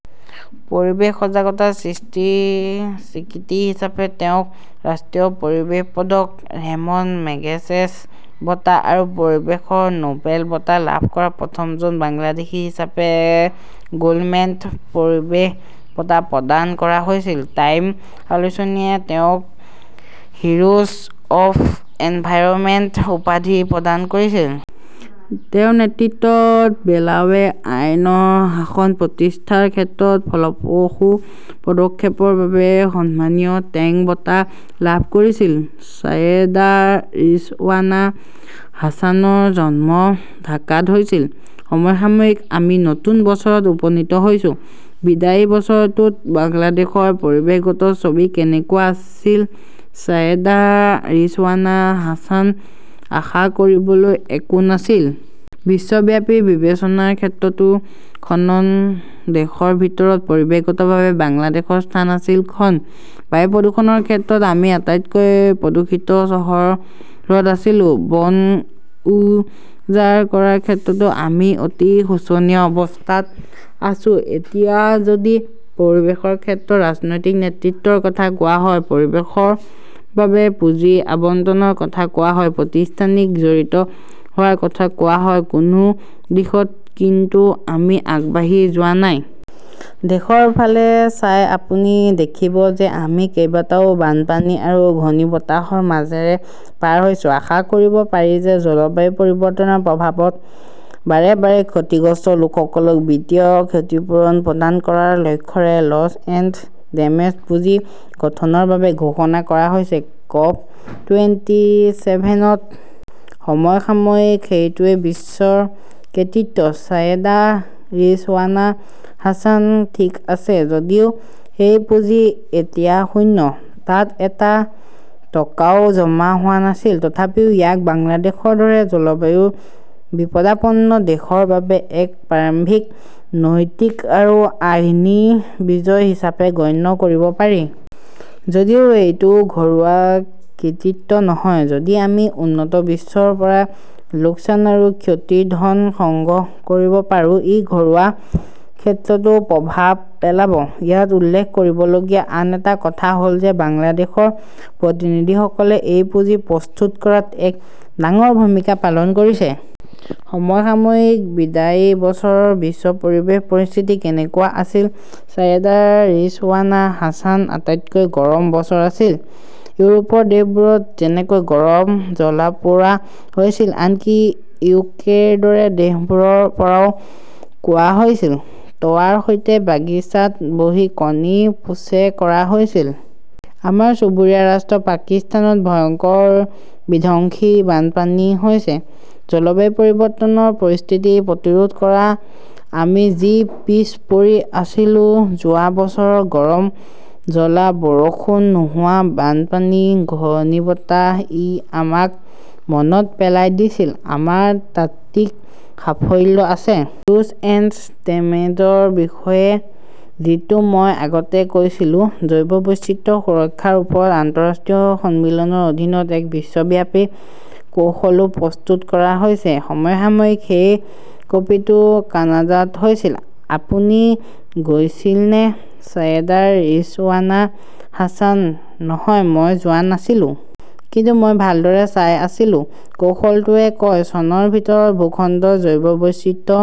পৰিৱেশ সজাগতা সৃষ্টিৰ স্বীকৃতি হিচাপে তেওঁক ৰাষ্ট্ৰীয় পৰিৱেশ পদক, ৰেমন মেগছেছে বঁটা আৰু পৰিৱেশৰ নোবেল বঁটা লাভ কৰা প্ৰথমজন বাংলাদেশী হিচাপে গোল্ডমেন পৰিৱেশ বঁটা প্ৰদান কৰা হৈছিল। টাইম আলোচনীয়ে তেওঁক হিৰোজ অৱ এনভাইৰনমেণ্ট উপাধি প্ৰদান কৰিছিল। তেওঁৰ নেতৃত্বত বেলাৱে আইনৰ শাসন প্ৰতিষ্ঠাৰ ক্ষেত্ৰত ফলপ্ৰসূ পদক্ষেপৰ বাবে সন্মানীয় টেং বঁটা লাভ কৰিছিল। ছায়েদা ৰিজৱানা হাছানৰ জন্ম ঢাকাত হৈছিল। সমসাময়িকঃ আমি নতুন বছৰত উপনীত হৈছো। বিদায়ী বছৰটোত বাংলাদেশৰ পৰিৱেশগত ছবি কেনেকুৱা আছিল ছায়েদা ৰিজৱানা হাছানঃ আশা কৰিবলৈ একো নাছিল। বিশ্বব্যাপী বিবেচনাৰ ক্ষেত্ৰতো খন দেশৰ ভিতৰত পৰিৱেশগতভাৱে বাংলাদেশৰ স্থান আছিল খন। বায়ু প্ৰদূষণৰ ক্ষেত্ৰত আমি আটাইতকৈ প্ৰদূষিত চহৰত আছিলো। বন উজাৰ কৰাৰ ক্ষেত্ৰতো আমি অতি শোচনীয় অৱস্থাত আছো। এতিয়া যদি পৰিৱেশৰ ক্ষেত্ৰত ৰাজনৈতিক নেতৃত্বৰ কথা কোৱা হয়, পৰিৱেশৰ বাবে পুঁজি আবণ্টনৰ কথা কোৱা হয়, প্ৰতিষ্ঠানিক জড়িত হোৱাৰ কথা কোৱা হয়-কোনো দিশত কিন্তু আমি আগবাঢ়ি যোৱা নাই। দেশৰ ফালে চাই আপুনি দেখিব যে আমি কেইবাটাও বানপানী আৰু ঘূৰ্ণীবতাহৰ মাজেৰে পাৰ হৈছো। আশা কৰিব পাৰি যে জলবায়ু পৰিৱৰ্তনৰ প্ৰভাৱত বাৰে বাৰে ক্ষতিগ্ৰস্ত লোকসকলক বিত্তীয় ক্ষতিপূৰণ প্ৰদান কৰাৰ লক্ষ্যৰে লছ এণ্ড ডেমেজ পুঁজি গঠনৰ বাবে ঘোষণা কৰা হৈছে কপ টুৱেণ্টিচেভেনত। সমসাময়িকঃ সেইটোৱেই বিশ্বৰ কৃতিত্ব। ছায়েদা ৰিজৱানা হাছানঃ ঠিক আছে। যদিও সেই পুঁজি এতিয়া শূন্য, তাত এটা টকাও জমা হোৱা নাছিল। তথাপিও ইয়াক বাংলাদেশৰ দৰে জলবায়ু বিপদাপন্ন দেশৰ বাবে এক প্ৰাৰম্ভিক নৈতিক আৰু আইনী বিজয় হিচাপে গণ্য কৰিব পাৰি। যদিও এইটো ঘৰুৱা কৃতিত্ব নহয়, যদি আমি উন্নত বিশ্বৰ পৰা লোকচান আৰু ক্ষতিৰ ধন সংগ্ৰহ কৰিব পাৰোঁ, ই ঘৰুৱা ক্ষেত্ৰতো প্ৰভাৱ পেলাব। ইয়াত উল্লেখ কৰিবলগীয়া আন এটা কথা হ’ল যে বাংলাদেশৰ প্ৰতিনিধিসকলে এই পুঁজি প্ৰস্তুত কৰাত এক ডাঙৰ ভূমিকা পালন কৰিছে। সমসাময়িকঃ বিদায়ী বছৰৰ বিশ্ব পৰিৱেশ পৰিস্থিতি কেনেকুৱা আছিল ছায়েদা ৰিজৱানা হাছানঃ আটাইতকৈ গৰম বছৰ আছিল। ইউৰোপৰ দেশবোৰত যেনেকৈ গৰম জ্বলা-পোৰা হৈছিল, আনকি ইউকেৰ দৰে দেশবোৰৰ পৰাও কোৱা হৈছিল, তৱাৰ সৈতে বাগিচাত বহি কণী পোছে কৰা হৈছিল। আমাৰ চুবুৰীয়া ৰাষ্ট্ৰ পাকিস্তানত ভয়ংকৰ বিধ্বংসী বানপানী হৈছে। জলবায়ু পৰিৱৰ্তনৰ পৰিস্থিতি প্ৰতিৰোধ কৰাত আমি যি পিছ পৰি আছিলো-যোৱা বছৰৰ গৰম জ্বলা, বৰষুণ নোহোৱা, বানপানী, ঘূৰ্ণীবতাহ-ই আমাক মনত পেলাই দিছিল। আমাৰ তাত্ত্বিক সাফল্য আছে। লোছ এণ্ড ডেমেজৰ বিষয়ে, যিটো মই আগতে কৈছিলো। জৈৱ বৈচিত্ৰ্য সুৰক্ষাৰ ওপৰত আন্তঃৰাষ্ট্ৰীয় সন্মিলনৰ অধীনত এক বিশ্বব্যাপী কৌশলও প্ৰস্তুত কৰা হৈছে। সমসাময়িকঃ সেই কপিটো কানাডাত হৈছিল। আপুনি গৈছিলনে ছায়েদা ৰিজৱানা হাছানঃ নহয়, মই যোৱা নাছিলো। কিন্তু মই ভালদৰে চাই আছিলো। কৌশলটোৱে কয়- চনৰ ভিতৰত ভূখণ্ডৰ জৈৱ বৈচিত্ৰ্য